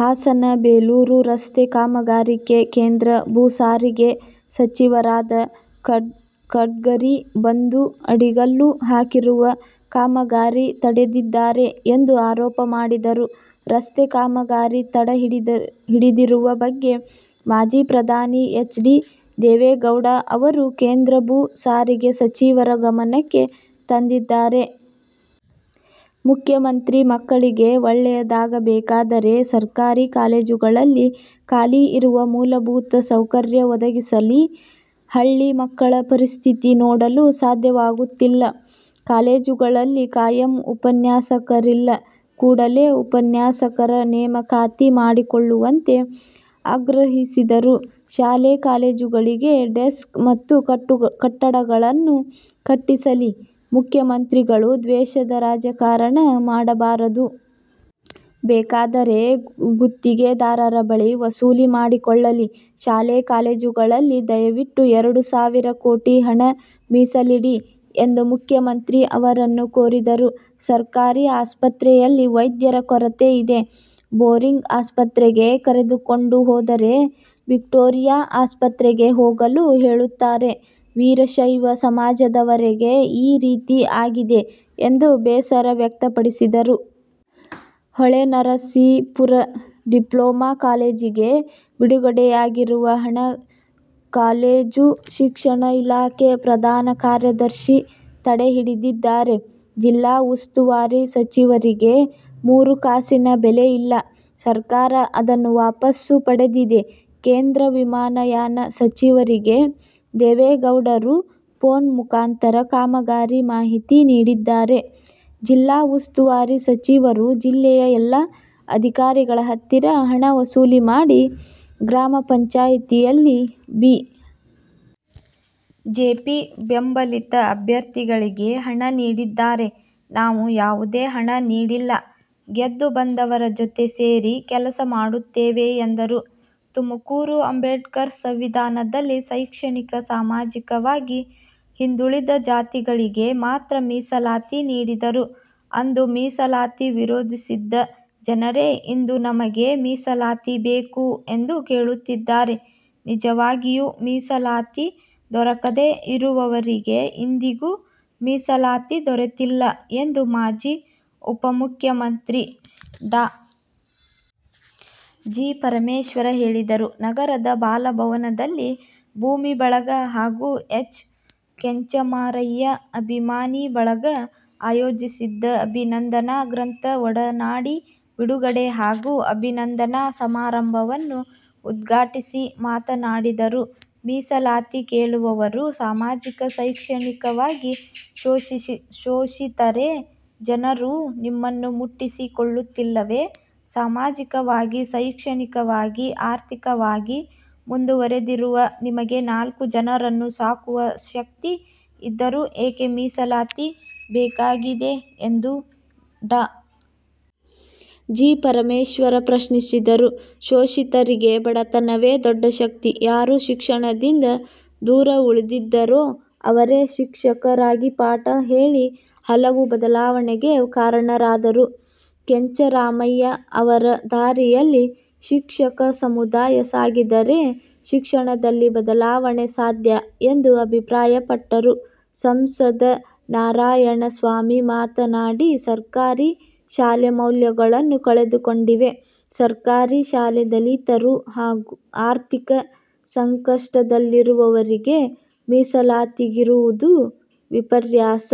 ಹಾಸನ ಬೇಲೂರು ರಸ್ತೆ ಕಾಮಗಾರಿಗೆ ಕೇಂದ್ರ ಭೂ ಸಾರಿಗೆ ಸಚಿವರಾದ ಗಡ್ಕರಿ ಬಂದು ಅಡಿಗಲ್ಲು ಹಾಕಿರುವ ಕಾಮಗಾರಿ ತಡೆದಿದ್ದಾರೆ ಎಂದು ಆರೋಪ ಮಾಡಿದರು. ರಸ್ತೆ ಕಾಮಗಾರಿ ತಡೆ ಹಿಡಿದಿರುವ ಬಗ್ಗೆ ಮಾಜಿ ಪ್ರಧಾನಿ ಎಚ್. ಡಿ. ದೇವೇಗೌಡ ಅವರು ಕೇಂದ್ರ ಭೂ ಸಾರಿಗೆ ಸಚಿವರ ಗಮನಕ್ಕೆ ತಂದಿದ್ದಾರೆ. ಮುಖ್ಯಮಂತ್ರಿ ಮಕ್ಕಳಿಗೆ ಒಳ್ಳೆಯಾದಾಗಬೇಕಾದರೆ ಸರ್ಕಾರಿ ಕಾಲೇಜುಗಳಲ್ಲಿ ಖಾಲಿ ಇರುವ ಮೂಲಭೂತ ಸೌಕರ್ಯ ಒದಗಿಸಲಿ. ಹಳ್ಳಿ ಮಕ್ಕಳ ಪರಿಸ್ಥಿತಿ ನೋಡಲು ಸಾಧ್ಯವಾಗುತ್ತಿಲ್ಲ. ಕಾಲೇಜುಗಳಲ್ಲಿ ಖಾಯಂ ಉಪನ್ಯಾಸಕರಿಲ್ಲ. ಕೂಡಲೇ ಉಪನ್ಯಾಸಕರ ನೇಮಕಾತಿ ಮಾಡಿಕೊಳ್ಳುವಂತೆ ಆಗ್ರಹಿಸಿದರು. ಶಾಲೆ ಕಾಲೇಜುಗಳಿಗೆ ಡೆಸ್ಕ್ ಮತ್ತು ಕಟ್ಟಡಗಳನ್ನು ಕಟ್ಟಿಸಲ್ಲಿ. ಮುಖ್ಯಮಂತ್ರಿಗಳು ದ್ವೇಷದ ರಾಜಕಾರಣ ಮಾಡಬಾರದು. ಬೇಕಾದರೇ ಗುತ್ತಿಗೆದಾರರ ಬಳಿ ವಸೂಲಿ ಮಾಡಿಕೊಳ್ಳಲಿ. ಶಾಲೆ -ಕಾಲೇಜುಗಳಿಗೆ ದಯವಿಟ್ಟು ಎರಡು ಸಾವಿರ ಕೋಟಿ ಹಣ ಮೀಸಲಿಡಿ ಎಂದು ಮುಖ್ಯಮಂತ್ರಿ ಅವರನ್ನು ಕೋರಿದರು. ಸರ್ಕಾರಿ ಆಸ್ಪತ್ರೆಯಲ್ಲಿ ವೈದ್ಯರ ಕೊರತೆ ಇದೆ. ಬೋರಿಂಗ್ ಆಸ್ಪತ್ರೆಗೆ ಕರೆದುಕೊಂಡು ಹೋದರೆ ವಿಕ್ಟೋರಿಯಾ ಆಸ್ಪತ್ರೆಗೆ ಹೋಗಲು ಹೇಳುತ್ತಾರೆ. ವೀರಶೈವ ಸಮಾಜದವರೆಗೆ ಈ ರೀತಿ ಆಗಿದೆ ಎಂದು ಬೇಸರ ವ್ಯಕ್ತಪಡಿಸಿದರು. ಹೊಳೆನರಸೀಪುರ ಡಿಪ್ಲೊಮಾ ಕಾಲೇಜಿಗೆ ಬಿಡುಗಡೆಯಾಗಿರುವ ಹಣ ಕಾಲೇಜು ಶಿಕ್ಷಣ ಇಲಾಖೆ ಪ್ರಧಾನ ಕಾರ್ಯದರ್ಶಿ ತಡೆಹಿಡಿದಿದ್ದಾರೆ. ಜಿಲ್ಲಾ ಉಸ್ತುವಾರಿ ಸಚಿವರಿಗೆ ಮೂರು ಕಾಸಿನ ಬೆಲೆಯಿಲ್ಲ. ಸರ್ಕಾರ ಅದನ್ನು ವಾಪಸ್ಸು ಪಡೆದಿದೆ. ಕೇಂದ್ರ ವಿಮಾನಯಾನ ಸಚಿವರಿಗೆ ದೇವೆಗೌಡರು ಫೋನ್ ಮುಖಾಂತರ ಕಾಮಗಾರಿ ಮಾಹಿತಿ ನೀಡಿದ್ದಾರೆ. ಜಿಲ್ಲಾ ಉಸ್ತುವಾರಿ ಸಚಿವರು ಜಿಲ್ಲೆಯ ಎಲ್ಲಾ ಅಧಿಕಾರಿಗಳ ಹತ್ತಿರ ಹಣ ವಸೂಲಿ ಮಾಡಿ ಗ್ರಾಮ ಪಂಚಾಯತಿಯಲ್ಲಿ ಬಿ. ಜೆ. ಪಿ. ಬೆಂಬಲಿತ ಅಭ್ಯರ್ಥಿಗಳಿಗೆ ಹಣ ನೀಡಿದ್ದಾರೆ. ನಾವು ಯಾವುದೇ ಹಣ ನೀಡಿಲ್ಲ. ಗೆದ್ದು ಬಂದವರ ಜೊತೆ ಸೇರಿ ಕೆಲಸ ಮಾಡುತ್ತೇವೆ ಎಂದರು. ತುಮಕೂರು: ಅಂಬೇಡ್ಕರ್ ಸಂವಿಧಾನದಲ್ಲಿ ಶೈಕ್ಷಣಿಕ, ಸಾಮಾಜಿಕವಾಗಿ ಹಿಂದುಳಿದ ಜಾತಿಗಳಿಗೆ ಮಾತ್ರ ಮೀಸಲಾತಿ ನೀಡಿದರು. ಅಂದು ಮೀಸಲಾತಿ ವಿರೋಧಿಸಿದ್ದ ಜನರೇ ಇಂದು ನಮಗೆ ಮೀಸಲಾತಿ ಬೇಕು ಎಂದು ಕೇಳುತ್ತಿದ್ದಾರೆ ನಿಜವಾಗಿಯೂ ಮೀಸಲಾತಿ ದೊರಕದೇ ಇರುವವರಿಗೆ ಇಂದಿಗೂ ಮೀಸಲಾತಿ ದೊರೆತ್ತಿಲ್ಲ ಎಂದು ಮಾಜಿ ಉಪಮುಖ್ಯಮಂತ್ರಿ ಡಾ. ಜಿ. ಪರಮೇಶ್ವರ್ ಹೇಳಿದರು. ನಗರದ ಬಾಲಭವನದಲ್ಲಿ ಭೂಮಿ ಬಳಗ ಹಾಗೂ ಎಚ್. ಕೆಂಚಮಾರಯ್ಯ ಅಭಿಮಾನಿ ಬಳಗ ಆಯೋಜಿಸಿದ್ದ ಅಭಿನಂದನಾ ಗ್ರಂಥ ಒಡನಾಡಿ ಬಿಡುಗಡೆ ಹಾಗೂ ಅಭಿನಂದನಾ ಸಮಾರಂಭವನ್ನು ಉದ್ಘಾಟಿಸಿ ಮಾತನಾಡಿದರು. ಮೀಸಲಾತಿ ಕೇಳುವವರು ಸಾಮಾಜಿಕ, ಶೈಕ್ಷಣಿಕವಾಗಿ ಶೋಷಿತರೆ, ಜನರು ನಿಮ್ಮನ್ನು ಮುಟ್ಟಿಸಿಕೊಳ್ಳುತ್ತಿಲ್ಲವೇ, ಸಾಮಾಜಿಕವಾಗಿ, ಶೈಕ್ಷಣಿಕವಾಗಿ, ಆರ್ಥಿಕವಾಗಿ ಮುಂದುವರಿದಿರುವ ನಿಮಗೆ ನಾಲ್ಕು ಜನರನ್ನು ಸಾಕುವಶಕ್ತಿ ಇದ್ದರೂ ಏಕೆ ಮೀಸಲಾತಿ ಬೇಕಾಗಿದೆ ಎಂದು ಡಾ. ಜಿ. ಪರಮೇಶ್ವರ್ ಪ್ರಶ್ನಿಸಿದರು. ಶೋಷಿತರಿಗೆ ಬಡತನವೇ ದೊಡ್ಡ ಶಕ್ತಿ, ಯಾರು ಶಿಕ್ಷಣದಿಂದ ದೂರ ಉಳಿದಿದ್ದರೋ ಅವರೇ ಶಿಕ್ಷಕರಾಗಿಪಾಠ ಹೇಳಿ ಹಲವು ಬದಲಾವಣೆಗೆ ಕಾರಣರಾದರು. ಕೆಂಚಮಾರಯ್ಯಅವರ ದಾರಿಯಲ್ಲಿ ಶಿಕ್ಷಕ ಸಮುದಾಯ ಸಾಗಿದರೆ ಶಿಕ್ಷಣದಲ್ಲಿ ಬದಲಾವಣೆ ಸಾಧ್ಯ ಎಂದು ಅಭಿಪ್ರಾಯಪಟ್ಟರು. ಸಂಸದ ನಾರಾಯಣಸ್ವಾಮಿ ಮಾತನಾಡಿ, ಸರ್ಕಾರಿ ಶಾಲೆ ಮೌಲ್ಯಗಳನ್ನು ಕಳೆದುಕೊಂಡಿವೆ, ಸರ್ಕಾರಿ ಶಾಲೆ ದಲಿತರು, ಆರ್ಥಿಕ ಸಂಕಷ್ಟದಲ್ಲಿರುವವರಿಗೆಮೀಸಲಾಗಿರುವುದು ವಿಪರ್ಯಾಸ.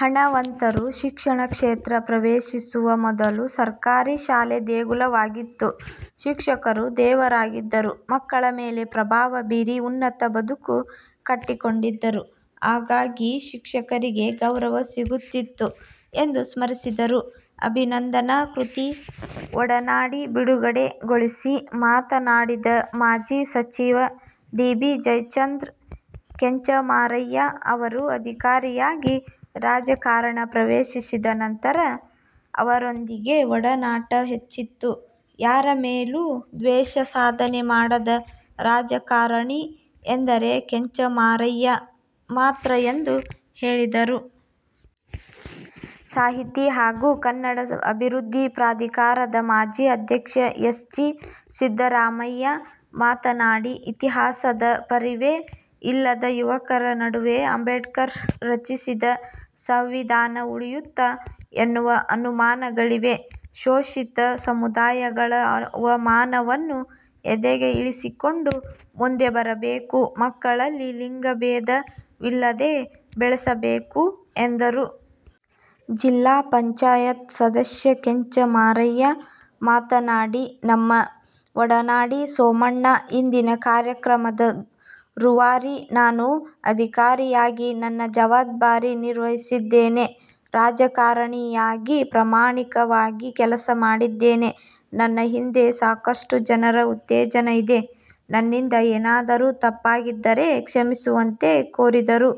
ಹಣವಂತರು ಶಿಕ್ಷಣ ಕ್ಷೇತ್ರ ಪ್ರವೇಶಿಸುವ ಮೊದಲು ಸರ್ಕಾರಿ ಶಾಲೆ ದೇಗುಲವಾಗಿತ್ತು. ಶಿಕ್ಷಕರು ದೇವರಾಗಿದ್ದರು. ಮಕ್ಕಳ ಮೇಲೆ ಪ್ರಭಾವ ಬೀರಿ ಉನ್ನತ ಬದುಕು ಕಟ್ಟಿಕೊಟ್ಟಿದ್ದರು, ಆಗಾಗಿ ಶಿಕ್ಷಕರಿಗೆ ಗೌರವ ಸಿಗುತ್ತಿತ್ತು ಎಂದು ಸ್ಮರಿಸಿದರು. ಅಭಿನಂದನಾ ಕೃತಿ ಒಡನಾಡಿ ಬಿಡುಗಡೆಗೊಳಿಸಿ ಮಾತನಾಡಿದ ಮಾಜಿ ಸಚಿವ ಟಿ. ಬಿ. ಜಯಚಂದ್ರ, ಕೆಂಚಮಾರಯ್ಯ ಅವರು ಅಧಿಕಾರಿಯಾಗಿ, ರಾಜಕಾರಣ ಪ್ರವೇಶಿಸಿದ ನಂತರ ಅವರೊಂದಿಗೆ ಒಡನಾಟ ಹೆಚ್ಚಿತ್ತು, ಯಾರ ಮೇಲೂ ದ್ವೇಷ ಸಾಧನೆ ಮಾಡದ ರಾಜಕಾರಣಿ ಎಂದರೆ ಕೆಂಚಮಾರಯ್ಯ ಮಾತ್ರ ಎಂದು ಹೇಳಿದರು. ಸಾಹಿತಿ ಹಾಗೂ ಕನ್ನಡ ಅಭಿವೃದ್ಧಿ ಪ್ರಾಧಿಕಾರದ ಮಾಜಿ ಅಧ್ಯಕ್ಷ ಎಸ್. ಜಿ. ಸಿದ್ದರಾಮಯ್ಯ ಮಾತನಾಡಿ, ಇತಿಹಾಸದ ಪರಿವೆ ಇಲ್ಲದ ಯುವಕರ ನಡುವೆ ಅಂಬೇಡ್ಕರ್ ರಚಿಸಿದ ಸಂವಿಧಾನ ಉಳಿಯುತ್ತ ಎನ್ನುವ ಅನು ಮಾನಗಳಿವೆ. ಶೋಷಿತ ಸಮುದಾಯಗಳ ಅವಮಾನವನ್ನು ಎದೆಗೆ ಇಳಿಸಿಕೊಂಡು ಮುಂದೆ ಬರಬೇಕು, ಮಕ್ಕಳಲ್ಲಿ ಲಿಂಗಬೇಧವಿಲ್ಲದೆ ಬೆಳೆಸಬೇಕು ಎಂದರು. ಜಿಲ್ಲಾ ಪಂಚಾಯತ್ ಸದಸ್ಯ ಕೆಂಚಮಾರಯ್ಯ ಮಾತನಾಡಿ, ನಮ್ಮ ಒಡನಾಡಿ ಸೋಮಣ್ಣ ಇಂದಿನ ಕಾರ್ಯಕ್ರಮದ ರೂವಾರಿ, ನಾನು ಅಧಿಕಾರಿಯಾಗಿ ನನ್ನ ಜವಾಬ್ದಾರಿ ನಿರ್ವಹಿಸಿದ್ದೇನೆ. ರಾಜಕಾರಣಿಯಾಗಿ ಪ್ರಾಮಾಣಿಕವಾಗಿ ಕೆಲಸ ಮಾಡಿದ್ದೇನೆ. ನನ್ನ ಹಿಂದೆ ಸಾಕಷ್ಟು ಜನರ ಉತ್ತೇಜನ ಇದೆ. ನನ್ನಿಂದ ಏನಾದರೂ ತಪ್ಪಾಗಿದ್ದರೆ ಕ್ಷಮಿಸುವಂತೆ ಕೋರಿದರು.